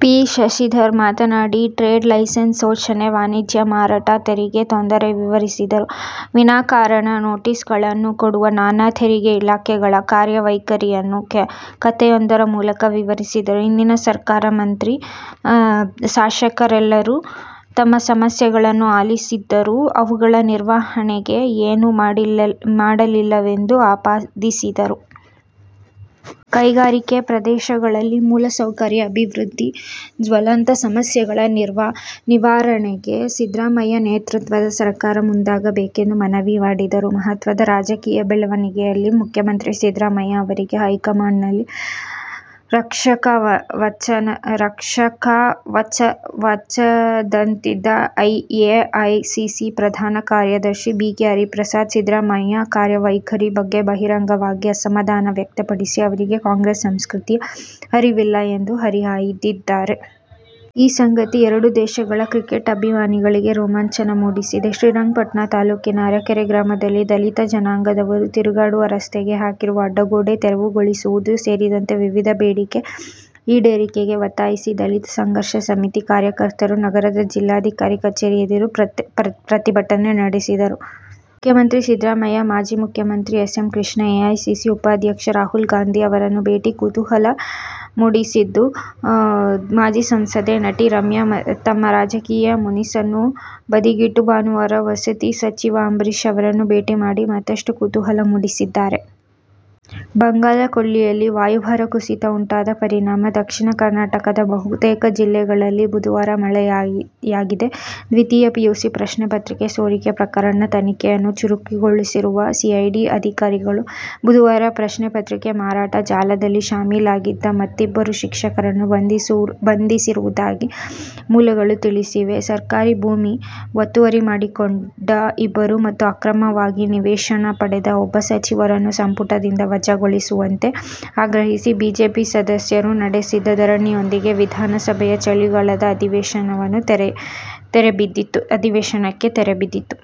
P. Shashidhar ಮಾತನಾಡಿ, trade licence ಶೋಷಣೆ, ವಾಣಿಜ್ಯ, ಮಾರಾಟ ತೆರಿಗೆ ತೊಂದರೆ ವಿವರಿಸಿದರು. ವಿನಾಕಾರಣ ನೋಟಿಸ್ಗಳನ್ನು ಕೊಡುವ ನಾನಾ ತೆರಿಗೆ ಇಲಾಖೆಗಳ ಕಾರ್ಯವೈಖರಿಯನ್ನು ಕಥೆಯೊಂದರ ಮೂಲಕ ವಿವರಿಸಿದರು. ಹಿಂದಿನ ಸರಕಾರ ಮಂತ್ರಿ, ಶಾಸಕರೆಲ್ಲರೂ ತಮ್ಮ ಸಮಸ್ಯೆಗಳನ್ನು ಆಲಿಸಿದ್ದರೂ ಅವುಗಳ ನಿವಾರಣೆಗೆ ಏನೂ ಮಾಡಲಿಲ್ಲವೆಂದು ಆಪಾದಿಸಿದರು. ಕೈಗಾರಿಕೆ ಪ್ರದೇಶಗಳಲ್ಲಿ ಮೂಲ ಸೌಕರ್ಯ ಅಭಿವೃದ್ಧಿ, ಜ್ವಲಂತ ಸಮಸ್ಯೆಗಳ ನಿವಾರಣೆಗೆ ಸಿದ್ದರಾಮಯ್ಯ ನೇತೃತ್ವದ ಸರಕಾರ ಮುಂದಾಗಬೇಕೆಂದು ಮನವಿ ಮಾಡಿದರು. ಮಹತ್ವದ ರಾಜಕೀಯ ಬೆಳವಣಿಗೆಯಲ್ಲಿ ಮುಖ್ಯಮಂತ್ರಿ ಸಿದ್ದರಾಮಯ್ಯ ಅವರಿಗೆ ಹೈಕಮಾಂಡ್ನಲ್ಲಿ ರಕ್ಷಾಕವಚದಂತಿದ್ದ ಎಐಸಿಸಿ ಪ್ರಧಾನ ಕಾರ್ಯದರ್ಶಿ ಬಿ. ಕೆ. ಹರಿಪ್ರಸಾದ್ ಸಿದ್ದರಾಮಯ್ಯ ಕಾರ್ಯವೈಖರಿ ಬಗ್ಗೆ ಬಹಿರಂಗವಾಗಿ ಅಸಮಾಧಾನ ವ್ಯಕ್ತಪಡಿಸಿ ಅವರಿಗೆ ಕಾಂಗ್ರೆಸ್ ಸಂಸ್ಕೃತಿಯ ಅರಿವಿಲ್ಲ ಎಂದು ಹರಿಹಾಯ್ದಿದ್ದಾರೆ. ಈ ಸಂಗತಿ ಎರಡೂ ದೇಶಗಳ ಕ್ರಿಕೆಟ್ ಅಭಿಮಾನಿಗಳಿಗೆ ರೋಮಾಂಚನ ಮೂಡಿಸಿದೆ. ಶ್ರೀರಂಗಪಟ್ಟಣ ತಾಲೂಕಿನ ಅರಕೆರೆ ಗ್ರಾಮದಲ್ಲಿ ದಲಿತ ಜನಾಂಗದವರು ತಿರುಗಾಡುವ ರಸ್ತೆಗೆ ಹಾಕಿರುವ ಅಡ್ಡಗೋಡೆ ತೆರವುಗೊಳಿಸುವುದು ಸೇರಿದಂತೆ ವಿವಿಧ ಬೇಡಿಕೆ ಈಡೇರಿಕೆಗೆ ಒತ್ತಾಯಿಸಿ ದಲಿತ ಸಂಘರ್ಷ ಸಮಿತಿ ಕಾರ್ಯಕರ್ತರು ನಗರದ ಜಿಲ್ಲಾಧಿಕಾರಿ ಕಚೇರಿ ಎದುರು ಪ್ರತಿಭಟನೆ ನಡೆಸಿದರು. ಮುಖ್ಯಮಂತ್ರಿ ಸಿದ್ದರಾಮಯ್ಯ, ಮಾಜಿ ಮುಖ್ಯಮಂತ್ರಿ ಎಸ್. ಎಂ. ಕೃಷ್ಣ, ಎಐಸಿಸಿ ಉಪಾಧ್ಯಕ್ಷ ರಾಹುಲ್ ಗಾಂಧಿ ಅವರನ್ನು ಭೇಟಿ ಕುತೂಹಲ ಮೂಡಿಸಿದ್ದ ಮಾಜಿ ಸಂಸದೆ, ನಟಿ ರಮ್ಯಾ ತಮ್ಮ ರಾಜಕೀಯ ಮುನಿಸನ್ನು ಬದಿಗಿಟ್ಟು ಭಾನುವಾರ ವಸತಿ ಸಚಿವ ಅಂಬರೀಶ್ ಅವರನ್ನು ಭೇಟಿ ಮಾಡಿ ಮತ್ತಷ್ಟು ಕುತೂಹಲ ಮೂಡಿಸಿದ್ದಾರೆ. ಬಂಗಾಳಕೊಲ್ಲಿಯಲ್ಲಿ ವಾಯುಭಾರ ಕುಸಿತ ಉಂಟಾದ ಪರಿಣಾಮ ದಕ್ಷಿಣ ಕರ್ನಾಟಕದ ಬಹುತೇಕ ಜಿಲ್ಲೆಗಳಲ್ಲಿ ಬುಧವಾರ ಮಳೆಯಾಗಿದೆ. ದ್ವಿತೀಯ ಪಿಯುಸಿ ಪ್ರಶ್ನೆ ಪತ್ರಿಕೆ ಸೋರಿಕೆ ಪ್ರಕರಣದ ತನಿಖೆಯನ್ನು ಚುರುಕುಗೊಳಿಸಿರುವ ಸಿಐಡಿ ಅಧಿಕಾರಿಗಳು ಬುಧವಾರ ಪ್ರಶ್ನೆ ಪತ್ರಿಕೆ ಮಾರಾಟ ಜಾಲದಲ್ಲಿ ಶಾಮೀಲಾಗಿದ್ದ ಮತ್ತಿಬ್ಬರು ಶಿಕ್ಷಕರನ್ನು ಬಂಧಿಸಿರುವುದಾಗಿ ಮೂಲಗಳು ತಿಳಿಸಿವೆ. ಸರ್ಕಾರಿ ಭೂಮಿ ಒತ್ತುವರಿ ಮಾಡಿಕೊಂಡ ಇಬ್ಬರು ಮತ್ತು ಅಕ್ರಮವಾಗಿ ನಿವೇಶನ ಪಡೆದ ಒಬ್ಬ ಸಚಿವರನ್ನು ಸಂಪುಟದಿಂದ ವಜಾಗೊಳಿಸುವಂತೆ ಆಗ್ರಹಿಸಿ ಬಿಜೆಪಿ ಸದಸ್ಯರು ನಡೆಸಿದ ಧರಣಿಯೊಂದಿಗೆ ವಿಧಾನಸಭೆಯ ಚಳಿಗಾಲದ ಅಧಿವೇಶನಕ್ಕೆ ತೆರೆಬಿದ್ದಿತು.